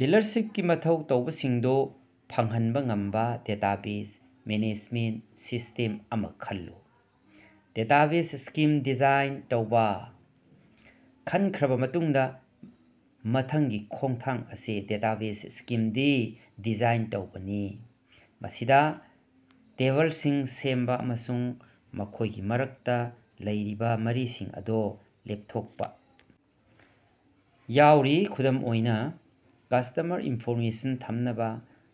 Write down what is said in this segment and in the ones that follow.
ꯗꯤꯂꯔꯁꯤꯞꯀꯤ ꯃꯊꯧ ꯇꯥꯕꯁꯤꯡꯗꯨ ꯐꯪꯍꯟꯕ ꯉꯝꯕ ꯗꯦꯇꯥꯕꯦꯖ ꯃꯦꯅꯦꯖꯃꯦꯟꯇ ꯁꯤꯁꯇꯦꯝ ꯑꯃ ꯈꯜꯂꯨ꯫ ꯗꯦꯇꯥꯕꯦꯖ ꯁ꯭ꯀꯤꯝ ꯗꯤꯖꯥꯏꯟ ꯇꯧꯕ: ꯈꯟꯈ꯭ꯔꯕ ꯃꯇꯨꯡꯗ ꯃꯊꯪꯒꯤ ꯈꯣꯡꯊꯥꯡ ꯑꯁꯤ ꯗꯦꯇꯥꯕꯦꯖ ꯁ꯭ꯀꯤꯝ ꯗꯤꯖꯥꯏꯟ ꯇꯧꯕꯅꯤ꯫ ꯃꯁꯤꯗ ꯇꯦꯕꯜꯁꯤꯡ ꯁꯦꯝꯕ ꯑꯃꯁꯨꯡ ꯃꯈꯣꯏꯒꯤ ꯃꯔꯛꯇ ꯂꯩꯔꯤꯕ ꯃꯔꯤꯁꯤꯡ ꯑꯗꯨ ꯂꯦꯞꯊꯣꯛꯄ ꯌꯥꯎꯔꯤ꯫ ꯈꯨꯗꯝ ꯑꯣꯏꯅ, ꯀꯁꯇꯃꯔ ꯏꯟꯐꯣꯔꯃꯦꯁꯟ ꯊꯝꯅꯕ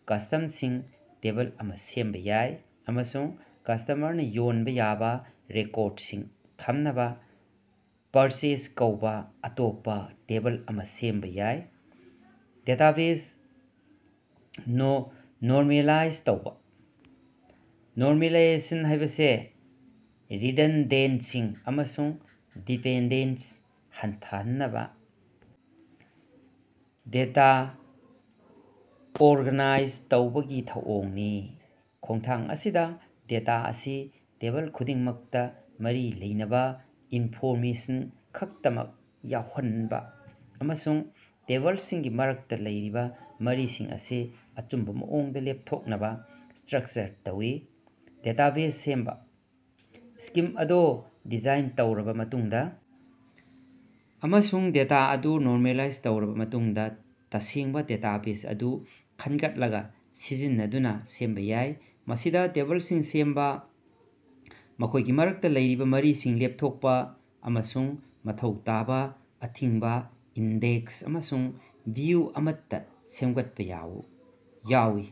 ꯀꯁꯇꯃꯔꯁꯤꯡ ꯇꯦꯕꯜ ꯑꯃ ꯁꯦꯝꯕ ꯌꯥꯏ, ꯑꯃꯁꯨꯡ ꯀꯁꯇꯃꯔꯅ ꯌꯣꯟꯕ ꯌꯥꯕ ꯔꯦꯀꯣꯔꯗꯁꯤꯡ ꯊꯝꯅꯕ ꯄꯔꯆꯦꯖ ꯀꯧꯕ ꯑꯇꯣꯞꯄ ꯇꯦꯕꯜ ꯑꯃ ꯁꯦꯝꯕ ꯌꯥꯏ꯫ ꯗꯥꯇꯥꯕꯦꯖ ꯅꯣꯔꯃꯦꯂꯥꯏꯖ ꯇꯧꯕ: ꯅꯣꯔꯃꯦꯂꯥꯏꯖꯦꯁꯟ ꯍꯥꯏꯕꯁꯤ ꯔꯤꯗꯟꯗꯦꯟꯁꯤ ꯑꯃꯁꯨꯡ ꯗꯤꯄꯦꯟꯗꯦꯟꯁ ꯍꯟꯊꯍꯟꯅꯕ ꯗꯦꯇꯥ ꯑꯣꯔꯒꯅꯥꯏꯖ ꯇꯧꯕꯒꯤ ꯊꯧꯑꯣꯡꯅꯤ꯫ ꯈꯣꯡꯊꯥꯡ ꯑꯁꯤꯗꯥ, ꯗꯦꯇꯥ ꯑꯁꯤ ꯇꯦꯕꯜ ꯈꯨꯗꯤꯡꯃꯛꯇꯥ ꯃꯔꯤ ꯂꯩꯅꯕ ꯏꯟꯐꯣꯔꯃꯦꯁꯟ ꯈꯛꯇꯃꯛ ꯌꯥꯎꯍꯟꯅꯕ ꯑꯃꯁꯨꯡ ꯇꯦꯕꯜꯁꯤꯡꯒꯤ ꯃꯔꯛꯇ ꯂꯩꯔꯤꯕ ꯃꯔꯤꯁꯤꯡ ꯑꯁꯤ ꯑꯆꯨꯝꯕ ꯃꯑꯣꯡꯗ ꯂꯦꯞꯊꯣꯛꯅꯕ ꯁ꯭ꯇꯔꯛꯆꯔ ꯇꯧꯏ꯫ ꯗꯦꯇꯥꯕꯦꯖ ꯁꯦꯝꯕ: ꯁ꯭ꯀꯤꯝ ꯑꯗꯨ ꯗꯤꯖꯥꯏꯟ ꯇꯧꯔꯕ ꯃꯇꯨꯡꯗ ꯑꯃꯁꯨꯡ ꯗꯦꯇꯥ ꯑꯗꯨ ꯅꯣꯔꯃꯦꯂꯥꯏꯖ ꯇꯧꯔꯕ ꯃꯇꯨꯡꯗ, ꯇꯁꯦꯡꯕ ꯗꯦꯇꯥꯕꯦꯖ ꯑꯗꯨ ꯈꯟꯒꯠꯂꯒ ꯁꯤꯖꯤꯟꯅꯗꯨꯅ ꯁꯦꯝꯕ ꯌꯥꯏ꯫ ꯃꯁꯤꯗ ꯇꯦꯕꯜꯁꯤꯡ ꯁꯦꯝꯕ, ꯃꯈꯣꯏꯒꯤ ꯃꯔꯛꯇ ꯂꯩꯔꯤꯕ ꯃꯔꯤꯁꯤꯡ ꯂꯦꯞꯊꯣꯛꯄ, ꯑꯃꯁꯨꯡ ꯃꯊꯧ ꯇꯥꯕ ꯑꯊꯤꯡꯕ ꯏꯟꯗꯦꯛꯁ ꯑꯃꯁꯨꯡ ꯚꯤꯎ ꯑꯃꯠꯇ ꯁꯦꯝꯒꯠꯄ ꯌꯥꯎꯏ꯫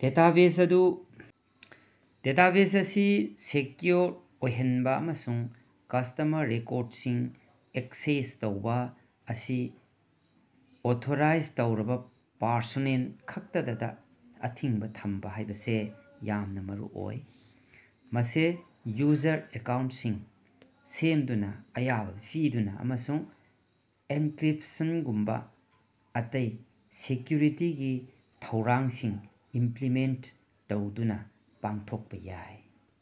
ꯗꯦꯇꯥꯕꯦꯖ ꯑꯗꯨ ꯑꯁꯤ ꯁꯦꯀ꯭ꯌꯨꯑꯣꯔ ꯑꯣꯏꯍꯟꯕ ꯑꯃꯁꯨꯡ ꯀꯁꯇꯃꯔ ꯔꯦꯀꯣꯔꯗꯁꯤꯡ ꯑꯦꯛꯁꯦꯁ ꯇꯧꯕ ꯑꯁꯤ ꯑꯣꯊꯣꯔꯥꯏꯖ ꯇꯧꯔꯕ ꯄꯔꯁꯣꯅꯦꯜ ꯈꯛꯇꯗ ꯑꯊꯤꯡꯕ ꯊꯝꯕ ꯍꯥꯏꯕꯁꯤ ꯌꯥꯝꯅ ꯃꯔꯨꯑꯣꯏ꯫ ꯃꯁꯤ ꯌꯨꯖꯔ ꯑꯦꯀꯥꯎꯟꯇꯁꯤꯡ ꯁꯦꯝꯗꯨꯅ, ꯑꯌꯥꯕ ꯄꯤꯗꯨꯅ, ꯑꯃꯁꯨꯡ ꯑꯦꯟꯀ꯭ꯔꯤꯞꯁꯟꯒꯨꯝꯕ ꯑꯇꯩ ꯁꯦꯀ꯭ꯌꯨꯔꯤꯇꯤꯒꯤ ꯊꯧꯔꯥꯡꯁꯤꯡ ꯏꯝꯄ꯭ꯂꯤꯃꯦꯟꯇ ꯇꯧꯗꯨꯅ ꯄꯥꯡꯊꯣꯛꯄ ꯌꯥꯏ꯫